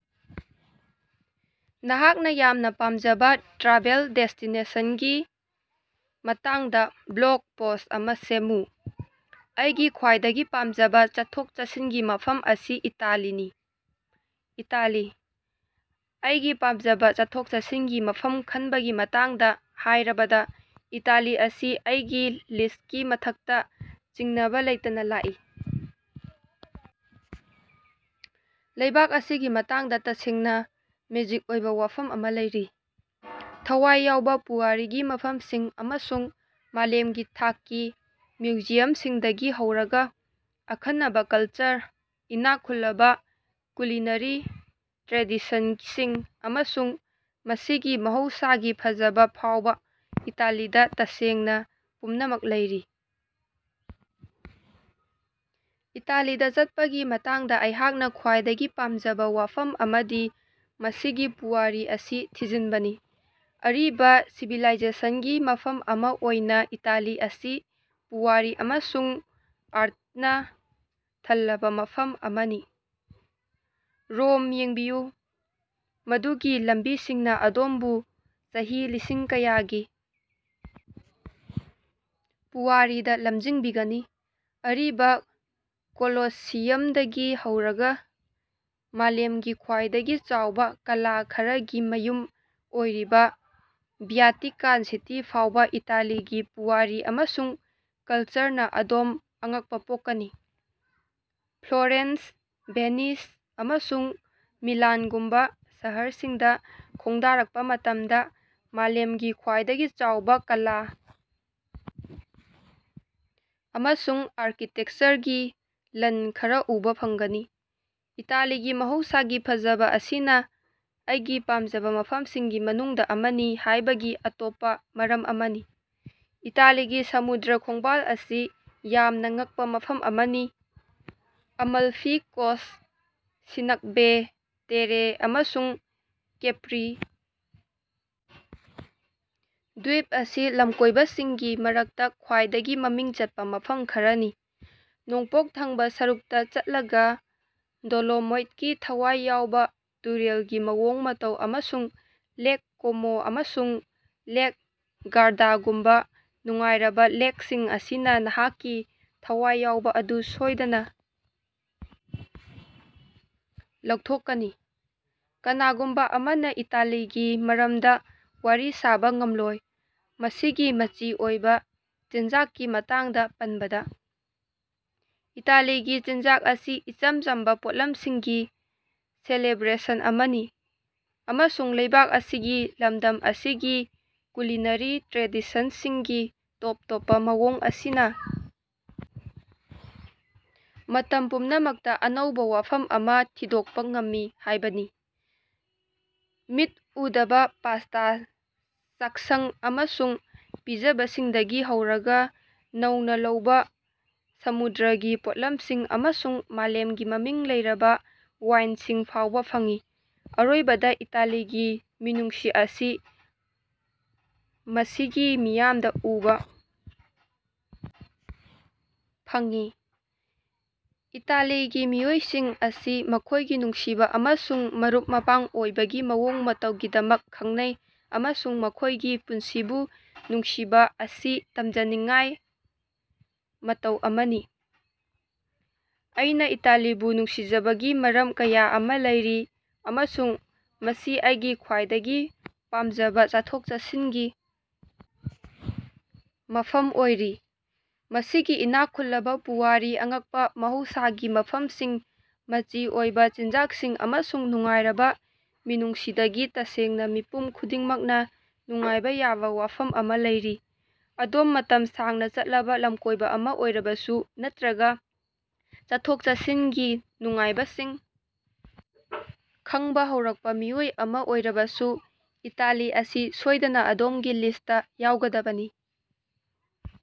ꯅꯍꯥꯛꯅ ꯌꯥꯝꯅ ꯄꯥꯝꯖꯕ ꯇ꯭ꯔꯥꯚꯦꯜ ꯗꯦꯁ꯭ꯇꯤꯅꯦꯁꯟꯒꯤ ꯃꯇꯥꯡꯗ ꯕ꯭ꯂꯣꯒ ꯄꯣꯁ ꯑꯃ ꯁꯦꯝꯃꯨ꯫ ꯑꯩꯒꯤ ꯈ꯭ꯋꯥꯏꯗꯒꯤ ꯄꯥꯝꯖꯕ ꯆꯠꯊꯣꯛ-ꯆꯠꯁꯤꯟꯒꯤ ꯃꯐꯝ ꯑꯁꯤ ꯏꯇꯥꯂꯤꯅꯤ꯫ ꯏꯇꯥꯂꯤ: ꯑꯩꯒꯤ ꯄꯥꯝꯖꯕ ꯆꯠꯊꯣꯛ-ꯆꯠꯁꯤꯟꯒꯤ ꯃꯐꯝ ꯈꯟꯕꯒꯤ ꯃꯇꯥꯡꯗ ꯍꯥꯏꯔꯕꯗ, ꯏꯇꯥꯂꯤ ꯑꯁꯤ ꯑꯩꯒꯤ ꯂꯤꯁꯇꯀꯤ ꯃꯊꯛꯇ ꯆꯤꯡꯅꯕ ꯂꯩꯇꯅ ꯂꯥꯛꯏ꯫ ꯂꯩꯕꯥꯛ ꯑꯁꯤꯒꯤ ꯃꯇꯥꯡꯗ ꯇꯁꯦꯡꯅ ꯃꯦꯖꯤꯛ ꯑꯣꯏꯕ ꯋꯥꯐꯝ ꯑꯃ ꯂꯩꯔꯤ꯫ ꯊꯋꯥꯏ ꯌꯥꯎꯕ ꯄꯨꯋꯥꯔꯤꯒꯤ ꯃꯐꯝꯁꯤꯡ ꯑꯃꯁꯨꯡ ꯃꯥꯂꯦꯝꯒꯤ ꯊꯥꯛꯀꯤ ꯃ꯭ꯌꯨꯖꯤꯌꯝꯁꯤꯡꯗꯒꯤ ꯍꯧꯔꯒ ꯑꯈꯟꯅꯕꯥ ꯀꯂꯆꯔ, ꯏꯅꯥꯛ ꯈꯨꯜꯂꯕ ꯀꯨꯂꯤꯅꯔꯤ ꯇ꯭ꯔꯦꯗꯤꯁꯟꯁꯤꯡ, ꯑꯃꯁꯨꯡ ꯃꯁꯤꯒꯤ ꯃꯍꯧꯁꯥꯒꯤ ꯐꯖꯕ ꯐꯥꯎꯕ ꯏꯇꯥꯂꯤꯗ ꯇꯁꯦꯡꯅ ꯄꯨꯝꯅꯃꯛ ꯂꯩꯔꯤ꯫ ꯏꯇꯥꯂꯤꯗ ꯆꯠꯄꯒꯤ ꯃꯇꯥꯡꯗ ꯑꯩꯍꯥꯛꯅ ꯈ꯭ꯋꯥꯏꯗꯒꯤ ꯄꯥꯝꯖꯕ ꯋꯥꯐꯝ ꯑꯃꯗꯤ ꯃꯁꯤꯒꯤ ꯄꯨꯋꯥꯔꯤ ꯑꯁꯤ ꯊꯤꯖꯤꯟꯕꯅꯤ꯫ ꯑꯔꯤꯕ ꯁꯤꯚꯤꯂꯥꯏꯖꯦꯁꯟꯒꯤ ꯃꯐꯝ ꯑꯃ ꯑꯣꯏꯅ ꯏꯇꯥꯂꯤ ꯑꯁꯤ ꯄꯨꯋꯥꯔꯤ ꯑꯃꯁꯨꯡ ꯑꯥꯔꯇꯅ ꯊꯜꯂꯕ ꯃꯐꯝ ꯑꯃꯅꯤ꯫ ꯔꯣꯝ ꯌꯦꯡꯕꯤꯌꯨ, ꯃꯗꯨꯒꯤ ꯂꯝꯕꯤꯁꯤꯡꯅ ꯑꯗꯣꯝꯕꯨ ꯆꯍꯤ ꯂꯤꯁꯤꯡ ꯀꯌꯥꯒꯤ ꯄꯨꯋꯥꯔꯤꯗ ꯂꯝꯖꯤꯡꯕꯤꯒꯅꯤ, ꯑꯔꯤꯕ ꯀꯣꯂꯣꯁꯤꯌꯝꯗꯒꯤ ꯍꯧꯔꯒ ꯃꯥꯂꯦꯝꯒꯤ ꯈ꯭ꯋꯥꯏꯗꯒꯤ ꯆꯥꯎꯕ ꯀꯂꯥ ꯈꯔꯒꯤ ꯃꯌꯨꯝ ꯑꯣꯏꯔꯤꯕ ꯚ꯭ꯌꯥꯇꯤꯀꯥꯟ ꯁꯤꯇꯤ ꯐꯥꯎꯕ ꯏꯇꯥꯂꯤꯒꯤ ꯄꯨꯋꯥꯔꯤ ꯑꯃꯁꯨꯡ ꯀꯂꯆꯔꯅ ꯑꯗꯣꯝ ꯑꯉꯛꯄ ꯄꯣꯛꯀꯅꯤ꯫ ꯐ꯭ꯂꯣꯔꯦꯟꯁ, ꯚꯦꯅꯤꯁ, ꯑꯃꯁꯨꯡ ꯃꯤꯂꯥꯟꯒꯨꯝꯕ ꯁꯍꯔꯁꯤꯡꯗ ꯈꯣꯡꯗꯥꯔꯛꯄ ꯃꯇꯝꯗ ꯃꯥꯂꯦꯝꯒꯤ ꯈ꯭ꯋꯥꯏꯗꯒꯤ ꯆꯥꯎꯕ ꯀꯂꯥ ꯑꯃꯁꯨꯡ ꯑꯥꯔꯀꯤꯇꯦꯛꯆꯔꯒꯤ ꯂꯟ ꯈꯔ ꯎꯕ ꯐꯪꯒꯅꯤ꯫ ꯏꯇꯥꯂꯤꯒꯤ ꯃꯍꯧꯁꯥꯒꯤ ꯐꯖꯕ ꯑꯁꯤꯅ ꯑꯩꯒꯤ ꯄꯥꯝꯖꯕ ꯃꯐꯝꯁꯤꯡꯒꯤ ꯃꯅꯨꯡꯗ ꯑꯃꯅꯤ ꯍꯥꯏꯕꯒꯤ ꯑꯇꯣꯞꯄ ꯃꯔꯝ ꯑꯃꯅꯤ꯫ ꯏꯇꯥꯂꯤꯒꯤ ꯁꯃꯨꯗ꯭ꯔ ꯈꯣꯡꯕꯥꯜ ꯑꯁꯤ ꯌꯥꯝꯅ ꯉꯛꯄ ꯃꯐꯝ ꯑꯃꯅꯤ, ꯑꯃꯜꯐꯤ ꯀꯣꯁ, ꯁꯤꯅꯛꯕꯦ ꯇꯦꯔꯦ ꯑꯃꯁꯨꯡ ꯀꯦꯄ꯭ꯔꯤ ꯗ꯭ꯋꯤꯞ ꯑꯁꯤ ꯂꯝꯀꯣꯏꯕꯁꯤꯡꯒꯤ ꯃꯔꯛꯇ ꯈ꯭ꯋꯥꯏꯗꯒꯤ ꯃꯃꯤꯡ ꯆꯠꯄ ꯃꯐꯝ ꯈꯔꯅꯤ꯫ ꯅꯣꯡꯄꯣꯛ ꯊꯪꯕꯥ ꯁꯔꯨꯛꯇꯥ ꯆꯠꯂꯒꯥ ꯗꯣꯂꯣꯃꯥꯏꯠꯀꯤ ꯊꯋꯥꯏ ꯌꯥꯎꯕ ꯇꯨꯔꯦꯜꯒꯤ ꯃꯑꯣꯡ ꯃꯇꯧ ꯑꯃꯁꯨꯡ ꯂꯦꯛ ꯀꯣꯃꯣ ꯑꯃꯁꯨꯡ ꯂꯦꯛ ꯒꯥꯔꯗꯥꯒꯨꯝꯕꯥ ꯅꯨꯡꯉꯥꯏꯔꯕꯥ ꯂꯦꯛꯁꯤꯡ ꯑꯁꯤꯅ ꯅꯍꯥꯛꯀꯤ ꯊꯋꯥꯏ ꯌꯥꯎꯕ ꯑꯗꯨ ꯁꯣꯏꯗꯅ ꯂꯧꯊꯣꯛꯀꯅꯤ꯫ ꯀꯅꯥꯒꯨꯝꯕ ꯑꯃꯅ ꯏꯇꯥꯂꯤꯒꯤ ꯃꯔꯝꯗ ꯋꯥꯔꯤ ꯁꯥꯕꯥ ꯉꯝꯂꯣꯏ, ꯃꯁꯤꯒꯤ ꯃꯆꯤ ꯑꯣꯏꯕꯥ ꯆꯤꯟꯖꯥꯛꯀꯤ ꯃꯇꯥꯡꯗ ꯄꯟꯕꯗ꯫ ꯏꯇꯥꯂꯤꯒꯤ ꯆꯤꯟꯖꯥꯛ ꯑꯁꯤ ꯏꯆꯝ ꯆꯝꯕꯥ ꯄꯣꯠꯂꯝꯁꯤꯡꯒꯤ ꯁꯦꯂꯦꯕ꯭ꯔꯦꯁꯟ ꯑꯃꯅꯤ, ꯑꯃꯁꯨꯡ ꯂꯩꯕꯥꯛ ꯑꯁꯤꯒꯤ ꯂꯝꯗꯝ ꯑꯁꯤꯒꯤ ꯀꯨꯂꯤꯅꯔꯤ ꯇ꯭ꯔꯦꯗꯤꯁꯟꯁꯤꯡꯒꯤ ꯇꯣꯞ ꯇꯣꯞꯄꯥ ꯃꯑꯣꯡ ꯑꯁꯤꯅꯥ ꯃꯇꯝ ꯄꯨꯝꯅꯃꯛꯇ ꯑꯅꯧꯕ ꯋꯥꯐꯝ ꯑꯃ ꯊꯤꯗꯣꯛꯄ ꯉꯝꯃꯤ ꯍꯥꯏꯕꯅꯤ꯫ ꯃꯤꯠ ꯎꯗꯕ ꯄꯥꯁꯇꯥ ꯆꯥꯛꯁꯉ ꯑꯃꯁꯨꯡ ꯄꯤꯖꯕꯁꯤꯡꯗꯒꯤ ꯍꯧꯔꯒꯥ ꯅꯧꯅꯥ ꯂꯧꯕꯥ ꯁꯃꯨꯗ꯭ꯔꯒꯤ ꯄꯣꯠꯂꯝꯁꯤꯡ ꯑꯃꯁꯨꯡ ꯃꯥꯂꯦꯝꯒꯤ ꯃꯃꯤꯡ ꯂꯩꯔꯕ ꯋꯥꯏꯟꯁꯤꯡ ꯐꯥꯎꯕ ꯐꯪꯏ꯫ ꯑꯔꯣꯏꯕꯗ ꯏꯇꯥꯂꯤꯒꯤ ꯃꯤꯅꯨꯡꯁꯤ ꯑꯁꯤ ꯃꯁꯤꯒꯤ ꯃꯤꯌꯥꯝꯗ ꯎꯕ ꯐꯪꯏ꯫ ꯏꯇꯥꯂꯤꯒꯤ ꯃꯤꯑꯣꯏꯁꯤꯡ ꯑꯁꯤ ꯃꯈꯣꯏꯒꯤ ꯅꯨꯡꯁꯤꯕ ꯑꯃꯁꯨꯡ ꯃꯔꯨꯞ-ꯃꯄꯥꯡ ꯑꯣꯏꯕꯒꯤ ꯃꯑꯣꯡ ꯃꯇꯧꯒꯤꯗꯃꯛ ꯈꯪꯅꯩ, ꯑꯃꯁꯨꯡ ꯃꯈꯣꯏꯒꯤ ꯄꯨꯟꯁꯤꯕꯨ ꯅꯨꯡꯁꯤꯕ ꯑꯁꯤ ꯇꯝꯖꯅꯤꯐꯥꯏ ꯃꯇꯧ ꯑꯃꯅꯤ꯫ ꯑꯩꯅ ꯏꯇꯥꯂꯤꯕꯨ ꯅꯨꯡꯁꯤꯖꯕꯒꯤ ꯃꯔꯝ ꯀꯌꯥ ꯑꯃꯥ ꯂꯩꯔꯤ, ꯑꯃꯁꯨꯡ ꯃꯁꯤ ꯑꯩꯒꯤ ꯈ꯭ꯋꯥꯏꯗꯒꯤ ꯄꯥꯃꯖꯕꯥ ꯆꯠꯊꯣꯛ-ꯆꯠꯁꯤꯟꯒꯤ ꯃꯐꯝ ꯑꯣꯏꯔꯤ꯫ ꯃꯁꯤꯒꯤ ꯏꯅꯥꯛ ꯈꯨꯜꯂꯕꯥ ꯄꯨꯋꯥꯔꯤ, ꯑꯉꯛꯄ ꯃꯍꯧꯁꯥꯒꯤ ꯃꯐꯝꯁꯤꯡ, ꯃꯆꯤ ꯑꯣꯏꯕ ꯆꯤꯟꯖꯥꯛꯁꯤꯡ, ꯑꯃꯁꯨꯡ ꯅꯨꯡꯉꯥꯏꯔꯕ ꯃꯤꯅꯨꯡꯁꯤꯗꯒꯤ, ꯇꯁꯦꯡꯅꯥ ꯃꯤꯄꯨꯝ ꯈꯨꯗꯤꯡꯃꯛꯅ ꯅꯨꯡꯉꯥꯏꯕ ꯌꯥꯕ ꯋꯥꯐꯝ ꯑꯃ ꯂꯩꯔꯤ꯫ ꯑꯗꯣꯝ ꯃꯇꯝ ꯁꯥꯡꯅ ꯆꯠꯂꯕ ꯂꯝꯀꯣꯏꯕ ꯑꯃ ꯑꯣꯏꯔꯕꯁꯨ, ꯅꯠꯇ꯭ꯔꯒ ꯆꯠꯊꯣꯛ-ꯆꯠꯁꯤꯟꯒꯤ ꯅꯨꯡꯉꯥꯏꯕꯁꯤꯡ ꯈꯪꯕꯥ ꯍꯧꯔꯛꯄ ꯃꯤꯑꯣꯏ ꯑꯃ ꯑꯣꯏꯔꯕꯁꯨ, ꯏꯇꯥꯂꯤ ꯑꯁꯤ ꯁꯣꯏꯗꯅ ꯑꯗꯣꯝꯒꯤ ꯂꯤꯁꯇ ꯌꯥꯎꯒꯗꯕꯅꯤ꯫